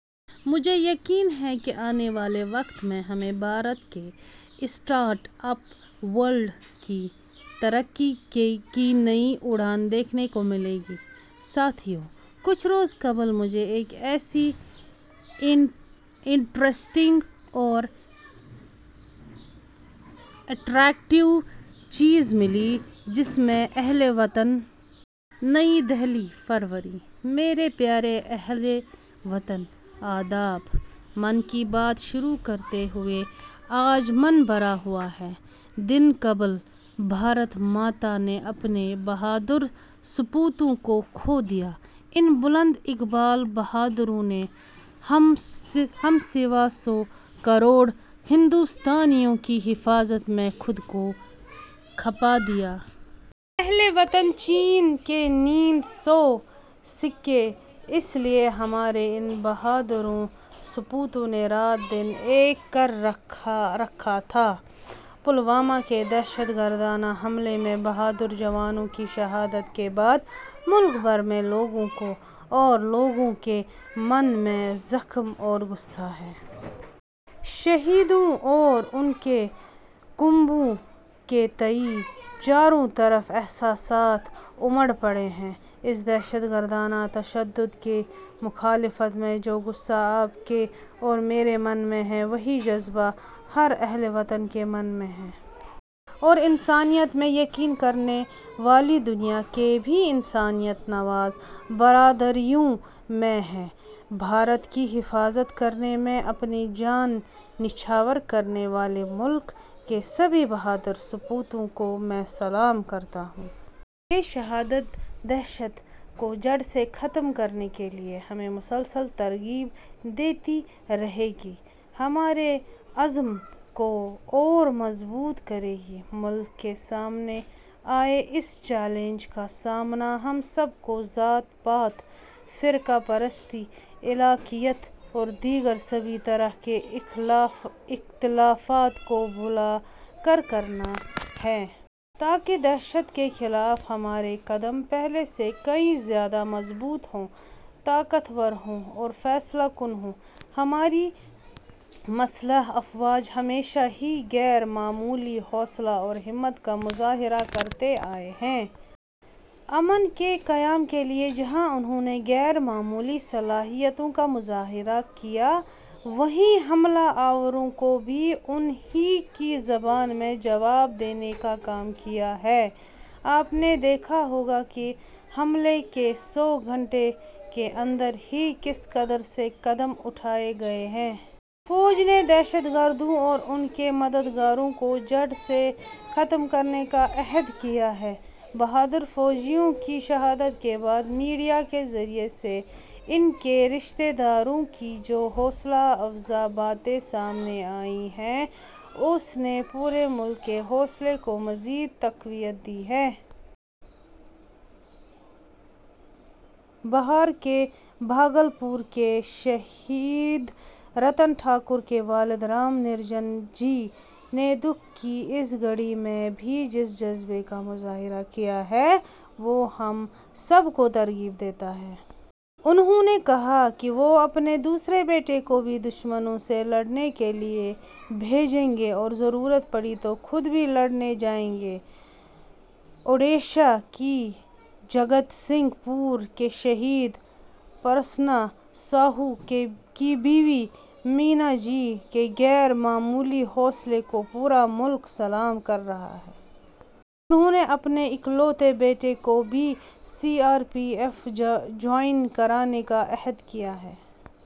مجھے یقین ہے کہ آنے والے وقت میں ہمیں بھارت کے اسٹارٹ اپ ورلڈ کی ترقی کی نئی اڑان دیکھنے کو ملے گی۔ ساتھیو، کچھ روز قبل مجھے ایک ایسی انٹریسٹنگ اور اٹریکٹیو چیز ملی، جس میں اہل وطن. نئی دہلی، فروری / میرے پیارے اہل وطن ، آداب! من کی بات شروع کرتے ہوئے آج من بھرا ہوا ہے۔ دن قبل بھارت ماتا نے اپنے بہادر سپوتوں کو کھو دیا۔ ان بلند اقبال بہادروں نے ہم سوا سو کروڑ ہندوستانیوں کی حفاظت میں خود کو کھپا دیا۔ اہل وطن چین کی نیند سو سکیں اس لئے ہمارے ان بہادروں سپوتوں نے رات دن ایک کر رکھا تھا۔ پلوامہ کے دہشت گردانہ حملے میں بہادر جوانوں کی شہادت کے بعد ملک بھر میں لوگوں کو اور لوگوں کے من میں زخم اور غصہ ہے۔ شہیدوں اور ان کے کنبوں کے تئیں چاروں طرف احساسات امڈ پڑے ہیں۔ اس دہشت گردانہ تشدد کی مخالفت میں جو غصہ آپ کے اور میرے من میں ہے وہی جذبہ ہر اہل وطن کے من میں ہے۔ اور انسانیت میں یقین کرنے والی دنیا کے بھی انسانیت نواز برادریوں میں ہے۔ بھارت کی حفاظت کرنے میں اپنے جان نچھاور کرنے والے ملک کے سبھی بہادر سپوتوں کو میں سلام کرتا ہوں۔ یہ شہادت دہشت کو جڑ سے ختم کرنے کے لئے ہمیں مسلسل ترغیب دیتی رہے گی، ہمارے عزم کو اور مضبوط کرے گی۔ ملک کے سامنے آئے اس چیلنج کا سامنا ہم سب کو ذات پات ، فرقہ پرستی ، علاقائیت اور دیگر سبھی طرح کے اختلافات کو بھولا کر کرنا ہے۔ تاکہ دہشت کے خلاف ہمارے قدم پہلے سے کہیں زیادہ مضبوط ہوں، طاقت ور ہوں اور فیصلہ کن ہوں۔ ہماری مسلح افواج ہمیشہ ہی غیر معمولی حوصلہ اور ہمت کا مظاہرہ کرتے آئے ہیں۔ امن کے قیام کے لئے جہاں انہوں نے غیر معمولی صلاحیتوں کا مظاہرہ کیا وہیں حملہ آوروں کو بھی ان ہی کی زبان میں جواب دینے کا کام کیا ہے۔ آپ نے دیکھا ہوگا کہ حملے کے سو گھنٹے کے اندر ہی کس قدر سے قدم اٹھائے گئے ہیں۔ فوج نے دہشت گردوں اور ان کے مددگاروں کو جڑ سے ختم کرنے کا عہد کیا ہے۔ بہادر فوجیوں کی شہادت کے بعد میڈیا کے ذریعے سے ان کے رشتے داروں کی جو حوصلہ افزا باتیں سامنے آئی ہیں اس نے پورے ملک کےحوصلے کو مزید تقویت دی ہے۔ بہار کے بھاگل پور کے شہید رتن ٹھاکر کے والد رام نرنجن جی نے دکھ کی اس گھڑی میں بھی جس جذبے کا مظاہرہ کیا ہے وہ ہم سب کو ترغیب دیتا ہے۔ انہوں نے کہا کہ وہ اپنے دوسرے بیٹے کو بھی دشمنوں سے لڑنے کے لئے بھیجیں گے اور ضرورت پڑی تو خود بھی لڑنے جائیں گے۔ اڈیشہ کے جگت سنگھ پور کے شہید پرسنہ ساہو کی بیوی مینا جی کے غیر معمولی حوصلے کو پورا ملک سلام کر رہا ہے۔ انہوں نے اپنے اکلوتے بیٹے کو بھی C R P F join کرانے کا عہد کیا ہے۔